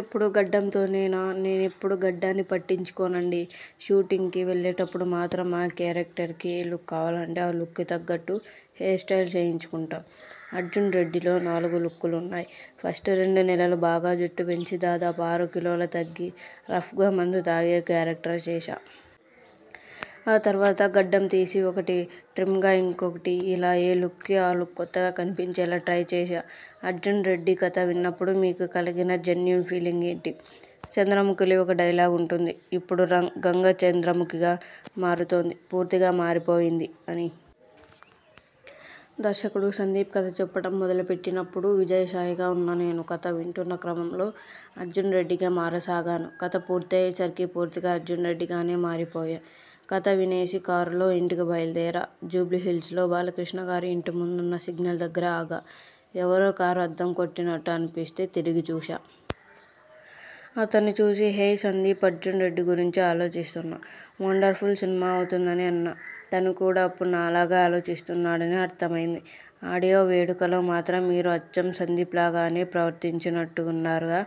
ఎప్పుడూ గడ్డంతోనేనా?. నేను ఎప్పుడూ గడ్డాన్ని పట్టించుకోనండీ. షూటింగ్కి వెళ్లేటప్పుడు మాత్రం ఆ కేరక్టర్కి ఏ లుక్ కావాలంటే ఆ లుక్కి తగ్గట్టు హెయిర్ స్టైల్ చేయించుకుంటా. 'అర్జున్రెడ్డి'లో నాలుగు లుక్కులున్నాయి. ఫస్ట్ రెండు నెలలు బాగా జుట్టు పెంచి, దాదాపు ఆరు కిలోలు తగ్గి రఫ్గా మందు తాగే కేరక్టర్ చేశా. ఆ తర్వాత గడ్డం తీసి ఒకటి, ట్రిమ్గా ఇంకోటి ఇలా ఏ లుక్కి ఆ లుక్ కొత్తగా కనిపించేలా ట్రై చేశా. 'అర్జున్రెడ్డి' కథ విన్నప్పుడు మీకు కలిగిన జెన్యూన్ ఫీలింగ్ ఏంటి? 'చంద్రముఖి'లో ఒక డైలాగ్ ఉంటుంది 'ఇప్పుడు గంగ చంద్రముఖిగా మారుతోంది పూర్తిగా మారిపోయింది ' అని! దర్శకుడు సందీప్ కథ చెప్పడం మొదలుపెట్టినప్పుడు విజయ్ సాయిగా ఉన్న నేను కథ వింటున్న క్రమంలో అర్జున్రెడ్డిగా మారసాగాను. కథ పూర్తయ్యే సరికి పూర్తిగా 'అర్జున్రెడ్డి'గానే మారిపోయా. కథ వినేసి కారులో ఇంటికి బయలుదేరా. జూబ్లీహిల్స్లో బాలకృష్ణగారి ఇంటి ముందున్న సిగ్నల్ దగ్గర ఆగా. ఎవరో కారు అద్దం కొట్టినట్టు అనిపిస్తే తిరిగి చూశా. అతన్ని చూసి 'హేయ్ సందీప్ అర్జున్రెడ్డి గురించే ఆలోచిస్తున్నా. వండర్ఫుల్ సినిమా అవుతుంది' అని అన్నా. తను కూడా అప్పుడు నాలాగే ఆలోచిస్తున్నాడని అర్థమైంది. ఆడియో వేడుకలో మాత్రం మీరు అచ్చం సందీప్లాగానే ప్రవర్తించినట్టున్నారుగా?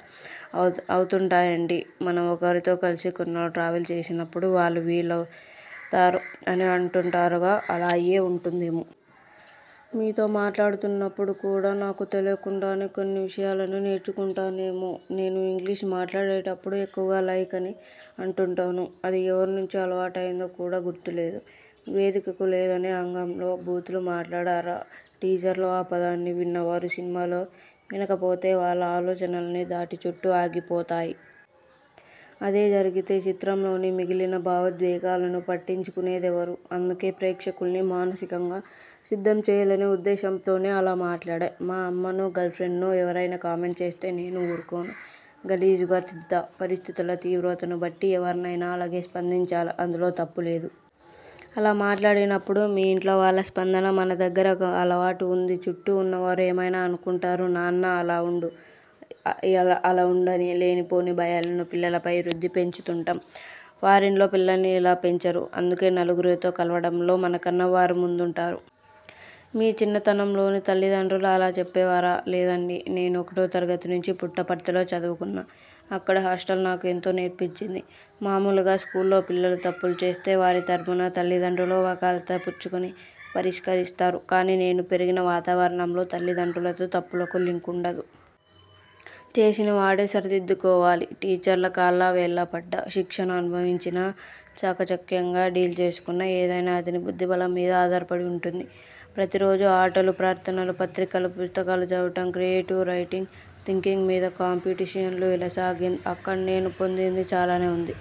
అవుతుంటాయండీ మనం ఒకరితో కలిసి కొన్నాళ్లు ట్రావెల్ చేసినప్పుడు వాళ్లు వీళ్లవుతారు అని అంటుంటారుగా అలా అయ్యే ఉంటుందేమో. మీతో మాట్లాడుతున్నప్పుడు కూడా నాకు తెలియకుండానే కొన్ని విషయాలను నేర్చుకుంటానేమో. నేను ఇంగ్లిష్ మాట్లాడేటప్పుడు ఎక్కువగా 'లైక్' అని అంటుంటాను. అది ఎవరి నుంచి అలవాటైందో కూడా గుర్తులేదు. వేదికకు లేదనే ఆంగ్లంలో బూతులు మాట్లాడారా? టీజర్లో 'ఆ' పదాన్ని విన్న వారు సినిమాలో వినక పోతే వాళ్ల ఆలోచనలన్నీ దాని చుట్టూ ఆగిపోతాయి. అదే జరిగితే చిత్రంలోని మిగిలిన భావోద్వేగాలను పట్టించుకునేదెవరు? అందుకే ప్రేక్షకుల్ని మానసికంగా సిద్ధం చేయాలనే ఉద్దేశంతోనే అలా మాట్లాడా. మా అమ్మనో, గర్ల్ఫ్రెండ్నో ఎవరైనా కామెంట్ చేస్తే నేను ఊరుకోను. గలీజుగ తిడ్తా. పరిస్థితుల తీవ్రతను బట్టి ఎవర్నైనా అలాగే స్పందించాల. అందులో తప్పు లేదు. అలా మాట్లాడినప్పుడు మీ ఇంట్లో వాళ్ల స్పందన? మన దగ్గర ఒక అలవాటు ఉంది 'చుట్టూ ఉన్నవారు ఏమైనా అనుకుంటారు నాన్నా అలా ఉండు, అలా ఉండు' అని లేనిపోని భయాలను పిల్లలపై రుద్ది పెంచుతుంటాం. ఫారిన్లో పిల్లల్ని ఇలా పెంచరు. అందుకే నలుగురితో కలవడంలో మనకన్నా వారు ముందుంటారు. మీ చిన్నతనంలోనూ తల్లిదండ్రులు అలా చెప్పేవారా? లేదండీ. నేను ఒకటో తరగతి నుంచి పుట్టపర్తిలో చదువుకున్నా. అక్కడి హాస్టల్ నాకు ఎంతో నేర్పించింది. మామూలుగా స్కూల్లో పిల్లలు తప్పులు చేస్తే, వారి తరఫున తల్లిదండ్రులు వకాల్తా పుచ్చుకుని పరిష్కరిస్తారు. కానీ నేను పెరిగిన వాతావరణంలో తల్లిదండ్రులతో తప్పులకు లింకు ఉండదు. చేసిన వాడే సరిదిద్దుకోవాలి. టీచర్ల కాళ్లావేళ్లా పడ్డా, శిక్షను అనుభవించినా, చాకచక్యంగా డీల్ చేసుకున్నా ఏదైనా అతని బుద్ధిబలం మీద ఆధారపడి ఉంటుంది. ప్రతిరోజూ ఆటలు, ప్రార్థనలు, పత్రికలు, పుస్తకాలు చదవడం, క్రియేటివ్ రైటింగ్ థింకింగ్ మీద కాంపిటీషన్లు ఇలా సాగి అక్కడ నేను పొందింది చాలానే ఉంది.